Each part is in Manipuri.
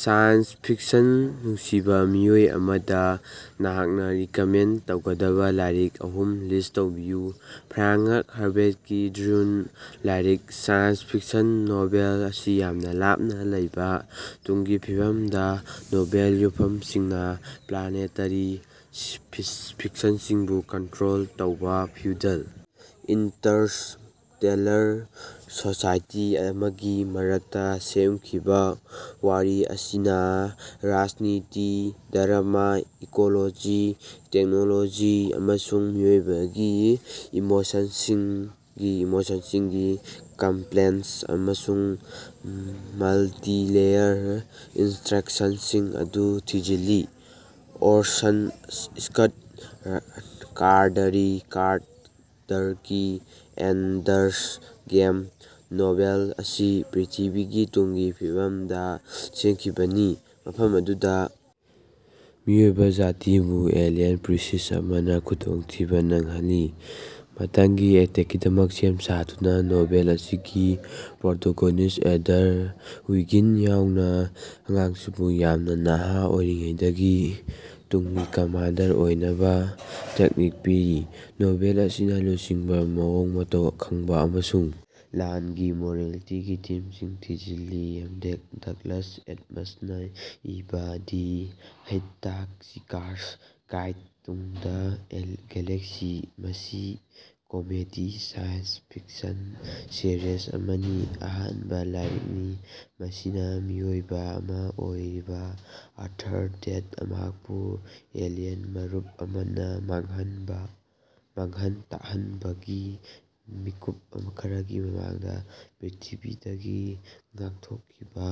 ꯁꯥꯏꯟꯁ ꯐꯤꯛꯁꯟ ꯅꯨꯡꯁꯤꯕꯥ ꯃꯤꯑꯣꯏ ꯑꯃꯗ ꯅꯍꯥꯛꯅ ꯔꯤꯀꯃꯦꯟꯗ ꯇꯧꯒꯗꯕ ꯂꯥꯏꯔꯤꯛ ꯑꯍꯨꯝ ꯂꯤꯁ꯭ꯠ ꯇꯧꯕꯤꯌꯨ꯫ ꯐ꯭ꯔꯥꯉ꯭ꯛ ꯍꯔꯕꯦꯠꯀꯤ "Dune" classic science fiction novel ꯑꯁꯤ ꯌꯥꯝꯅ ꯂꯥꯞꯅ ꯂꯩꯕꯥ ꯇꯨꯡꯒꯤ ꯐꯤꯕꯝꯗ ꯅꯣꯕꯦꯜ ꯌꯨꯝꯐꯝ ꯁꯤꯡꯅ ꯄ꯭ꯂꯥꯅꯦꯇꯔꯤ ꯐꯤꯐꯁꯤꯡꯕꯨ ꯀꯟꯇ꯭ꯔꯣꯜ ꯇꯧꯕꯥ ꯐ꯭ꯌꯨꯗꯜ ꯏꯟꯇꯔꯁꯇꯦꯜꯂꯔ ꯁꯣꯁꯥꯏꯇꯤ ꯑꯃꯒꯤ ꯃꯔꯛꯇ ꯁꯦꯝꯈꯤꯕꯅꯤ꯫ ꯋꯥꯔꯤ ꯑꯁꯤꯅꯥ ꯔꯥꯖꯅꯤꯇꯤ, ꯙꯔꯃ, ꯏꯀꯣꯂꯣꯖꯤ, ꯇꯦꯛꯅꯣꯂꯣꯖꯤ ꯑꯃꯁꯨꯡ ꯃꯤꯑꯣꯏꯕꯒꯤ ꯏꯃꯣꯁꯟꯁꯤꯡꯒꯤ ꯀꯝꯄ꯭ꯂꯦꯛꯁ ꯑꯃꯁꯨꯡ ꯃꯜꯇꯤ-ꯂꯦꯌꯔ ꯏꯟꯇꯔꯦꯛꯁꯟꯁꯤꯡ ꯑꯗꯨ ꯊꯤꯖꯤꯜꯂꯤ꯫ ꯑꯣꯔꯁꯟ ꯁ꯭ꯀꯠ ꯀꯥꯔꯗꯀꯤ "ꯑꯦꯟꯗꯔꯁ ꯒꯦꯝ" ꯅꯣꯚꯦꯜ ꯑꯁꯤ ꯄ꯭ꯔꯤꯊꯤꯕꯤꯒꯤ ꯇꯨꯡꯒꯤ ꯐꯤꯕꯝꯗ ꯁꯦꯝꯈꯤꯕꯅꯤ ꯃꯐꯝ ꯑꯗꯨꯗ ꯃꯤꯑꯣꯏꯕ ꯖꯥꯇꯤꯕꯨ ꯑꯦꯂꯤꯌꯟ ꯁ꯭ꯄꯤꯁꯤꯁ ꯑꯃꯅ ꯈꯨꯗꯣꯡꯊꯤꯕ ꯅꯪꯍꯜꯂꯤ꯫ ꯃꯊꯪꯒꯤ ꯑꯦꯇꯦꯛꯇꯀꯤꯗꯃꯛ ꯁꯦꯝ ꯁꯥꯗꯨꯅ ꯅꯣꯚꯦꯜ ꯑꯁꯤꯒꯤ ꯄ꯭ꯔꯣꯇꯣꯒꯣꯅꯤꯁ꯭ꯠ ꯑꯦꯟꯗꯔ ꯋꯤꯒꯤꯟ ꯌꯥꯎꯅ ꯑꯉꯥꯡꯁꯤꯡꯕꯨ ꯌꯥꯝꯅ ꯅꯍꯥ ꯑꯣꯏꯔꯤꯉꯩꯗꯒꯤ ꯇꯨꯡꯒꯤ ꯀꯃꯥꯟꯗꯔ ꯑꯣꯏꯅꯕ ꯇ꯭ꯔꯦꯅꯤꯡ ꯄꯤꯔꯤ꯫ ꯅꯣꯚꯦꯜ ꯑꯁꯤꯅꯥ ꯂꯨꯆꯤꯡꯕ, ꯃꯑꯣꯡ ꯃꯇꯧ ꯈꯪꯕ ꯑꯃꯁꯨꯡ ꯂꯥꯟꯒꯤ ꯃꯣꯔꯦꯂꯤꯇꯤꯒꯤ ꯊꯤꯝꯁꯤꯡ ꯊꯤꯖꯤꯜꯂꯤ꯫ ꯗꯒꯂꯁ ꯑꯦꯗꯃꯁꯅ ꯏꯕꯥ "the hitchhiker's guide to the galaxy" ꯃꯁꯤ ꯀꯣꯃꯦꯗꯤ ꯁꯥꯏꯟꯁ ꯐꯤꯛꯁꯟ ꯁꯤꯔꯤꯖ ꯑꯃꯒꯤ ꯑꯍꯥꯟꯕ ꯂꯥꯏꯔꯤꯛꯅꯤ ꯃꯁꯤꯅ ꯃꯤꯑꯣꯏꯕ ꯑꯃ ꯑꯣꯏꯔꯤꯕ ꯑꯥꯔꯊꯔ ꯗꯦꯟꯇ ꯃꯍꯥꯛꯄꯨ ꯑꯦꯂꯤꯌꯟ ꯃꯔꯨꯞ ꯑꯃꯅ ꯃꯥꯡꯍꯟ ꯇꯥꯛꯍꯟꯕꯒꯤ ꯃꯤꯀꯨꯞ ꯈꯔꯒꯤ ꯃꯃꯥꯡꯗ ꯄ꯭ꯔꯤꯊꯤꯕꯤꯗꯒꯤ ꯉꯥꯛꯊꯣꯛꯈꯤꯕ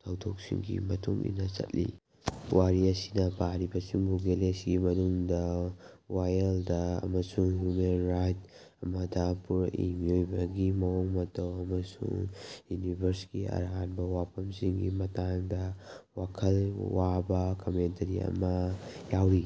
ꯊꯧꯗꯣꯛꯁꯤꯡꯒꯤ ꯃꯇꯨꯡ ꯏꯟꯅ ꯆꯠꯂꯤ꯫. ꯋꯥꯔꯤ ꯑꯁꯤꯅ ꯄꯥꯔꯤꯕꯁꯤꯡꯕꯨ ꯒꯦꯂꯦꯛꯁꯤꯒꯤ ꯃꯅꯨꯡꯗ ꯋꯥꯏꯜꯗ ꯑꯃꯁꯨꯡ ꯍ꯭ꯌꯨꯃꯦꯟ ꯔꯥꯏꯗ ꯑꯃꯗ ꯄꯨꯔꯛꯏ ꯃꯤꯑꯣꯏꯕꯒꯤ ꯃꯑꯣꯡ ꯃꯇꯧ ꯑꯃꯁꯨꯡ ꯌꯨꯅꯤꯚꯔ꯭ꯁꯀꯤ ꯑꯔꯥꯟꯕ ꯋꯥꯐꯝꯁꯤꯡꯒꯤ ꯃꯇꯥꯡꯗ ꯋꯥꯈꯜ ꯋꯥꯕ ꯀꯃꯦꯟꯇꯔꯤ ꯀꯌꯥ ꯑꯃ ꯌꯥꯎꯔꯤ꯫